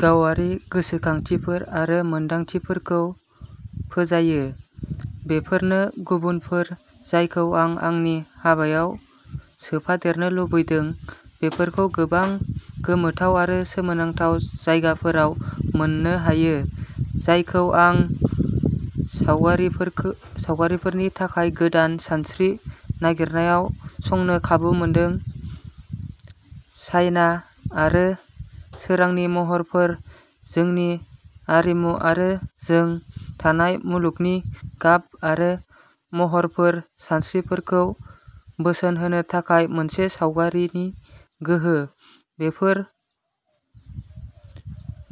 गावारि गोसोखांथिफोर आरो मोनदांथिफोरखौ फोजायो, बेफोरनो गुबुफोर जायखौ आं आंनि हाबायाव सोफादेरनो लुबैदों। बेफोरखौ गोबां गोमोथाव आरो सोमोनांथाव जायगाफोराव मोननो हायो, जायखौ आं सावगारिफोरखो सावगारिफोरनि थाखाय गोदान सानस्रि नागिरनायाव संनो खाबु मोनदों। सायना आरो सोरांनि महरफोर, जोंनि हारिमु आरो जों थानाय मुलुगनि गाब आरो महरफोर, सानस्रिफोरखौ बोसोन होनो थाखाय मोनसे सावगारिनि गोहो, बेफोर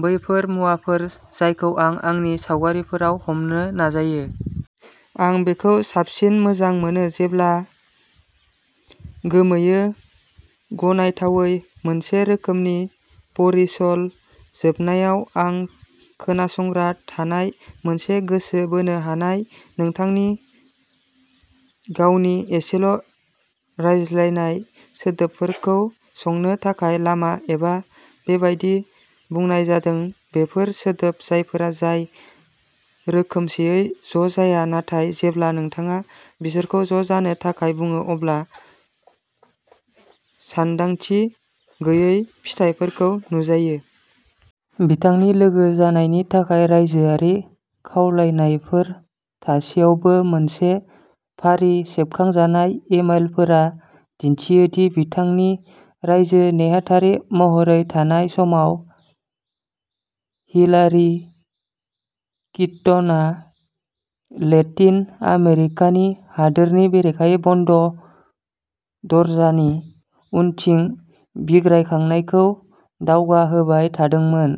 बैफोर मुवाफोर जायखौ आं आंनि सावगारिफोराव हमनो नाजायो। आं बेखौ साबसिन मोजां मोनो जेब्ला गोमोयो। गनायथावै, मोनसे रोखोमनि परी सल' जोबनायाव, आं खोनासंग्रा थानाय मोनसे गोसो बोनो हानाय। नोंथांनि गावनि एसेल'रायज्लायनाय सोदोबफोरखौ संनो थाखाय लामा एबा, बेबादि बुंनाय जादों। बेफोर सोदोब जायफोरा जाय रोखोमसेयै ज'जाया, नाथाय जेब्ला नोंथाङा बिसोरखौ ज'जानो थाखाय बुङो, अब्ला सानदांथि गैयै फिथायफोरखौ नुजायो। बिथांनि लोगो जानायनि थाखाय रायजोआरि खावलायनायफोर थासेयावबो, मोनसे फारि सेबखांजानाय इमेलफोरा दिन्थियो दि बिथांनि रायजो नेहाथारि महरै थानाय समाव, हिलारी क्लिन्टना लेटिन आमेरिकानि हादोरनि बेरेखायै बन्द दरजानि उनथिं बिग्रायखांनायखौ दावगाहोबाय थादोंमोन।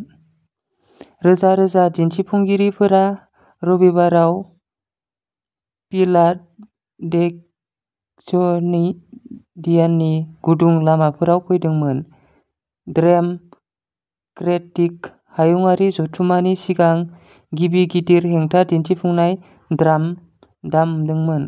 रोजा-रोजा दिन्थिफुंगिरिफोरा रबिबाराव फिलाडेल्फियानि गुदुं लामाफोराव फैदोंमोन, डेम'क्रेटिक हायुंआरि जथुम्मानि सिगां गिबि गिदिर हेंथा दिन्थिफुंनायाव ड्राम दामदोंमोन।